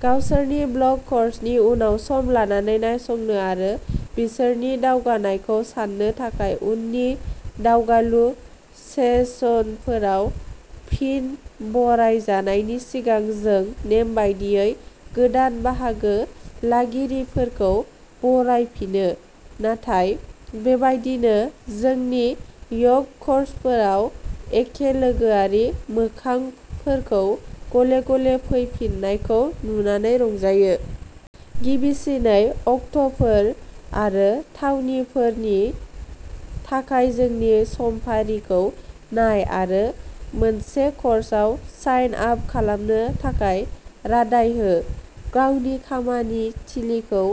गावसोरनि ब्लक कर्सनि उनाव सम लानानै नायसंनो आरो बिसोरनि दावगानायखौ साननो थाखाय उननि दावगालु सेसनफोराव फिन बरायजानायनि सिगां जों नेमबादियै गोदान बाहागो लागिरिफोरखौ बरायफिनो। नाथाय बेबायदिनो जोंनि य'ग कर्सफोराव एखे लोगोआरि मोखांफोरखौ गले-गले फैफिन्नायखौ नुनानै रंजायो। गिबिसिनै अक्ट'फोर आरो थावनिफोरनि थाखाय जोंनि समफारिखौ नाय आरो मोनसे कर्सआव साइन आप खालामनो थाखाय रादाय हो। गावनि खामानि थिलिखौ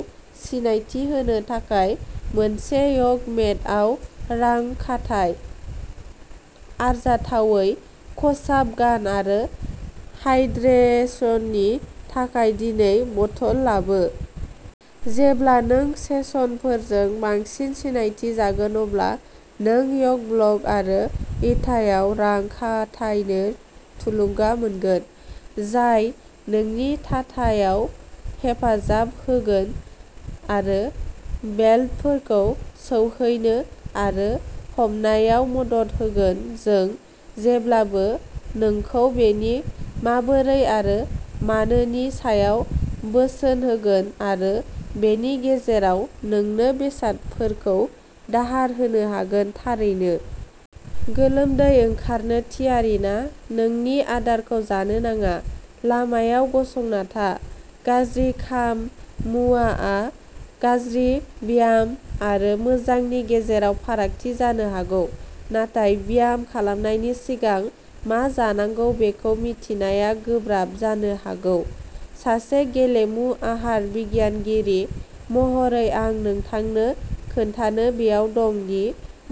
सिनायथि होनो थाखाय मोनसे य'ग मेटआव रां खाथाय। आरजाथावै खसाब गान आरो हाइड्रेशननि थाखाय दिनै बथल लाबो। जेब्ला नों सेसनफोरजों बांसिन सिनायथि जागोन अब्ला नों य'ग ब्लक आरो इटायाव रां खाथायनो थुलुंगा मोनगोन, जाय नोंनि थाथायाव हेफाजाब होगोन आरो बेल्टफोरखौ सौहैनो आरो हमनायाव मदद होगोन। जों जेब्लाबो नोंखौ बेनि 'माबोरै' आरो 'मानो' नि सायाव बोसोन होगोन आरो बेनि गेजेराव नोंनो बेसादफोरखौ दाहार होनो हागोन, थारैनो। गोलोमदै ओंखारनो थियारि ना? नोंनि आदारखौ जानो नाङा। लामायाव गसंना था। गाज्रि खाम-मुवाआ गाज्रि ब्याम आरो मोजांनि गेजेराव फारागथि जानो हागौ। नाथाय ब्याम खालामनायनि सिगां मा जानांगौ बेखौ मिथिनाया गोब्राब जानो हागौ। सासे गेलेमु आहार बिगियानगिरि महरै आं नोंथांनो खोन्थानो बेयाव दं दि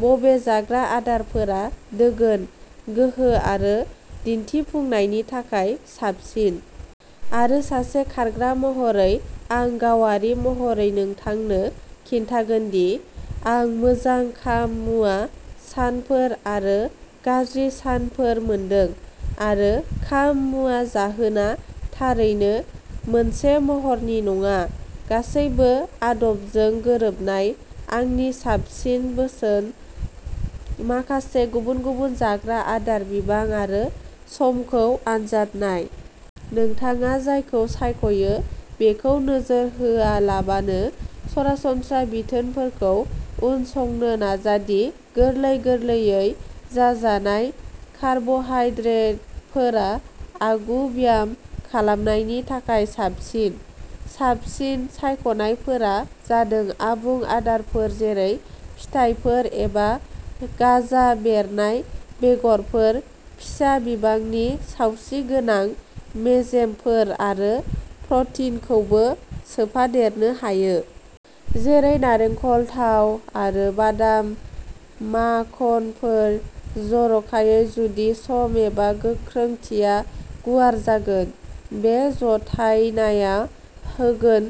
बबे जाग्रा आदारफोरा दोगोन, गोहो आरो दिन्थिफुंनायनि थाखाय साबसिन। आरो सासे खारग्रा महरै आं गावारि महरै नोंथांनो खिन्थागोन दि आं मोजां खाम-मुवा सानफोर आरो गाज्रि सानफोर मोनदों आरो खाम-मुवा जाहोना थारैनो मोनसे महरनि नङा, गासैबो आदबजों गोरोबनाय। आंनि साबसिन बोसोनः माखासे गुबुन-गुबुन जाग्रा आदार, बिबां आरो समखौ आनजाद नाय। नोंथाङा जायखौ सायख'यो बेखौ नोजोर होआलाबानो सरासनस्रा बिथोनफोरखौ उनसंनो नाजा दि गोरलै- गोरलैयै जाजानाय कार्बहाइड्रेटफोरा आगु ब्याम खालामनायनि थाखाय साबसिन। साबसिन सायख'नायफोरा जादों आबुं आदारफोर जेरै फिथाइफोर एबा गाजा बेरनाय बेगरफोर। फिसा बिबांनि सावस्रिगोनां मेजेमफोर आरो प्रटिनखौबो सोफादेरनो हायो। जेरै नालेंखर थाव आरो बादाम माखनफोर, जर'खायै जुदि सम एबा गोख्रोंथिया गुवार जागोन। बे जथायनाया होगोन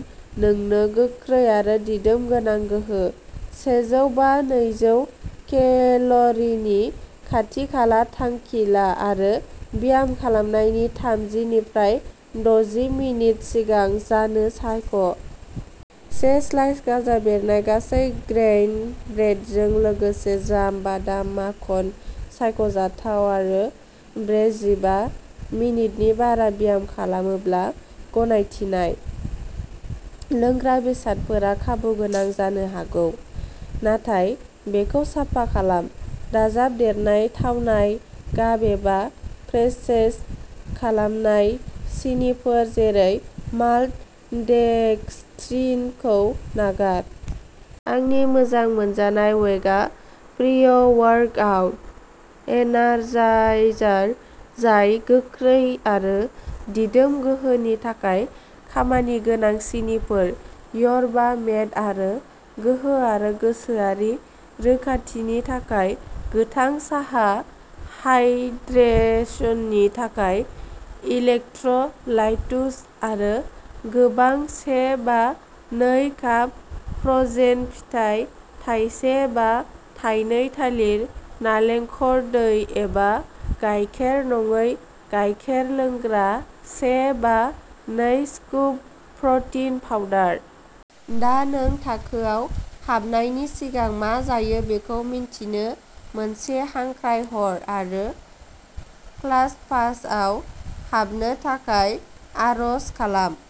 नोंनो गोख्रै आरो दिदोम गोनां गोहो। सेजौ बा नैजौ केल'रिनि खाथि-खाला थांखि ला आरो ब्याम खालामनायनि थामजि निफ्राइ दजि मिनिट सिगां जानो सायख'। से स्लाइस गाजा बेरनाय गासै ग्रेइन ब्रेडजों लोगोसे जाम, बादाम माखन सायख'जाथाव आरो ब्रैजिबा मिनिटनि बारा ब्याम खालामोब्ला गनायथिनाय। लोंग्रा बेसादफोरा खाबुगोनां जानो हागौ, नाथाय बेखौ साफा खालाम। दाजाबदेरनाय थावनाय, गाब एबा प्रेसेस खालामनाय सिनिफोर जेरै माल्टडेक्सट्रिनखौ नागार। आंनि मोजां मोनजानाय वेगा प्रीय'वार्कआउट एनार्जाइजार, जाय गोख्रै आरो दिदोम गोहोनि थाखाय खामानिगोनां सिनिफोर, यरबा मेट आरो गोहो आरो गोसोआरि रोखाथिनि थाखाय गोथां साहा, हाइड्रेशननि थाखाय इलेक्ट्र'लाइटुस आरो गोबां। से बा नै काप फ्र'जेन फिथाइ, थाइसे बा थाइनै थालिर, नालेंखर दै एबा गायखेर-नङै गायखेर लोंग्रा, से बा नै स्कुप प्र'टिन पाउडार। दा नों थाखोयाव हाबनायनि सिगां मा जायो बेखौ मिन्थिनो मोनसे हांख्रायहर आरो क्लासपासआव हाबनो थाखाय आर'स खालाम।